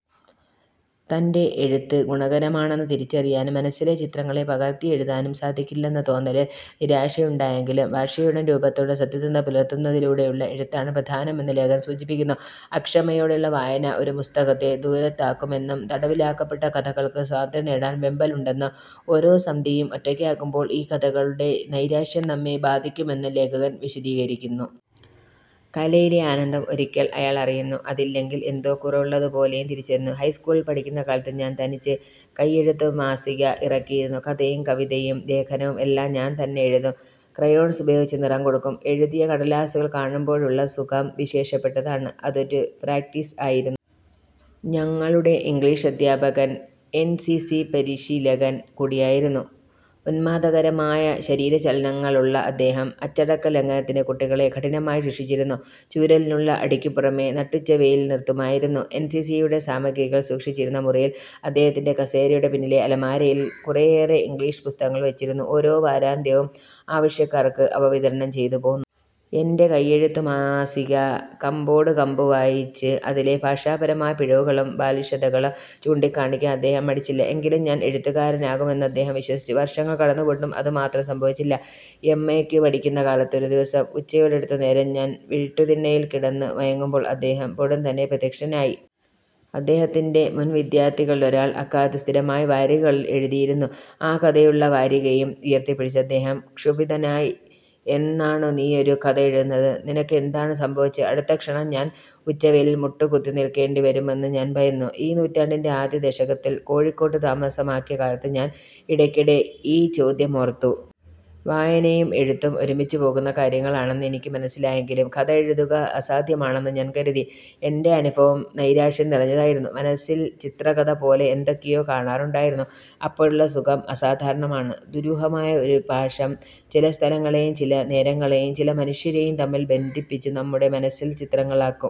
തൻ്റെ എഴുത്ത് ഗുണകരമാണെന്ന് തിരിച്ചറിയാനും, മനസ്സിലെ ചിത്രങ്ങളെ പകർത്തിയെഴുതാനും സാധിക്കില്ലെന്ന തോന്നലിൽ നിരാശയുണ്ടായെങ്കിലും, ഭാഷയോടും രൂപത്തോടും സത്യസന്ധത പുലർത്തുന്നതിലൂടെയുള്ള എഴുത്താണ് പ്രധാനമെന്ന് ലേഖകൻ സൂചിപ്പിക്കുന്നു. അക്ഷമയോടെയുള്ള വായന ഒരു പുസ്തകത്തെ ദൂരത്താക്കുമെന്നും, തടവിലാക്കപ്പെട്ട കഥകൾക്ക് സ്വാതന്ത്ര്യം നേടാൻ വെമ്പലുണ്ടെന്നും, ഓരോ സന്ധ്യയും ഒറ്റയ്ക്കാകുമ്പോൾ ഈ കഥകളുടെ നൈരാശ്യം നമ്മെ ബാധിക്കുമെന്നും ലേഖകൻ വിശദീകരിക്കുന്നു. കലയിലെ ആനന്ദം ഒരിക്കൽ അയാൾ അറിയുന്നു, അതില്ലെങ്കിൽ എന്തോ കുറവുള്ളതുപോലെയും തിരിച്ചറിയുന്നു. ഹൈസ്കൂളിൽ പഠിക്കുന്ന കാലത്ത് ഞാൻ തനിച്ച് കയ്യെഴുത്തുമാസിക ഇറക്കിയിരുന്നു. കഥയും കവിതയും ലേഖനവും എല്ലാം ഞാൻത്തന്നെ എഴുതും. ക്രയോൺസ് ഉപയോഗിച്ചു നിറം കൊടുക്കും. എഴുതിയ കടലാസുകൾ കാണുമ്പോഴുള്ള സുഖം വിശേഷപ്പെട്ടതാണ്. അതൊരു പ്രാക്ടീസ് ആയിരുന്നു. ഞങ്ങളുടെ ഇംഗ്ലിഷ് അധ്യാപകൻ എൻസിസി പരിശീലകൻ കൂടിയായിരുന്നു. ഉന്മാദകരമായ ശരീരചലനങ്ങളുള്ള അദ്ദേഹം അച്ചടക്കലംഘനത്തിന് കുട്ടികളെ കഠിനമായി ശിക്ഷിച്ചിരുന്നു. ചൂരലിനുള്ള അടിക്കു പുറമേ നട്ടുച്ചവെയിലിൽ നിർത്തുമായിരുന്നു. എൻസിസിയുടെ സാമഗ്രികൾ സൂക്ഷിച്ചിരുന്ന മുറിയിൽ, അദ്ദേഹത്തിന്റെ കസേരയുടെ പിന്നിലെ അലമാരയിൽ കുറെയേറെ ഇംഗ്ലിഷ് പുസ്തകങ്ങൾ വച്ചിരുന്നു. ഓരോ വാരാന്ത്യവും ആവശ്യക്കാർക്ക് അവ വിതരണം ചെയ്തുപോന്നു. എന്റെ കയ്യെഴുത്തുമാസിക കമ്പോടുകമ്പ് വായിച്ച് അതിലെ ഭാഷാപരമായ പിഴവുകളും ബാലിശതകളും ചൂണ്ടിക്കാണിക്കാൻ അദ്ദേഹം മടിച്ചില്ല. എങ്കിലും ഞാൻ എഴുത്തുകാരനാകുമെന്ന് അദ്ദേഹം വിശ്വസിച്ചു. വർഷങ്ങൾ കടന്നുപോയിട്ടും അതുമാത്രം സംഭവിച്ചില്ല. എംഎയ്ക്കു പഠിക്കുന്ന കാലത്ത് ഒരു ദിവസം ഉച്ചയോടടുത്തനേരം ഞാൻ വീട്ടുതിണ്ണയിൽ കിടന്ന് മയങ്ങുമ്പോൾ, അദ്ദേഹം പൊടുന്നനെ പ്രത്യക്ഷനായി. അദ്ദേഹത്തിന്റെ മുൻവിദ്യാർഥികളിലൊരാൾ അക്കാലത്തു സ്ഥിരമായി വാരികകളിൽ എഴുതിയിരുന്നു. ആ കഥയുള്ള വാരികയും ഉയർത്തിപ്പിടിച്ച് അദ്ദേഹം ക്ഷുഭിതനായി, 'എന്നാണു നീയൊരു കഥ എഴുതുന്നത്? നിനക്കെന്താണു സംഭവിച്ചത്? ' അടുത്ത ക്ഷണം ഞാൻ ഉച്ചവെയിലിൽ മുട്ടുകുത്തി നിൽക്കേണ്ടി വരുമെന്ന് ഞാൻ ഭയന്നു. ഈ നൂറ്റാണ്ടിന്റെ ആദ്യ ദശകത്തിൽ കോഴിക്കോട്ടു താമസമാക്കിയ കാലത്ത് ഞാൻ ഇടയ്ക്കിടെ ഈ ചോദ്യമോർത്തു. വായനയും എഴുത്തും ഒരുമിച്ചു പോകുന്ന കാര്യങ്ങളാണെന്ന് എനിക്ക് മനസ്സിലായെങ്കിലും കഥ എഴുതുക അസാധ്യമാണെന്നു ഞാൻ കരുതി. എന്റെ അനുഭവം നൈരാശ്യം നിറഞ്ഞതായിരുന്നു. മനസ്സിൽ ചിത്രകഥ പോലെ എന്തൊക്കെയൊ കാണാറുണ്ടായിരുന്നു. അപ്പോഴുള്ള സുഖം അസാധാരണമാണ്. ദുരൂഹമായ ഒരുപാശം ചില സ്ഥലങ്ങളെയും ചില നേരങ്ങളെയും ചില മനുഷ്യരെയും തമ്മിൽ ബന്ധിപ്പിച്ചു നമ്മുടെ മനസ്സിൽ ചിത്രങ്ങളാക്കും.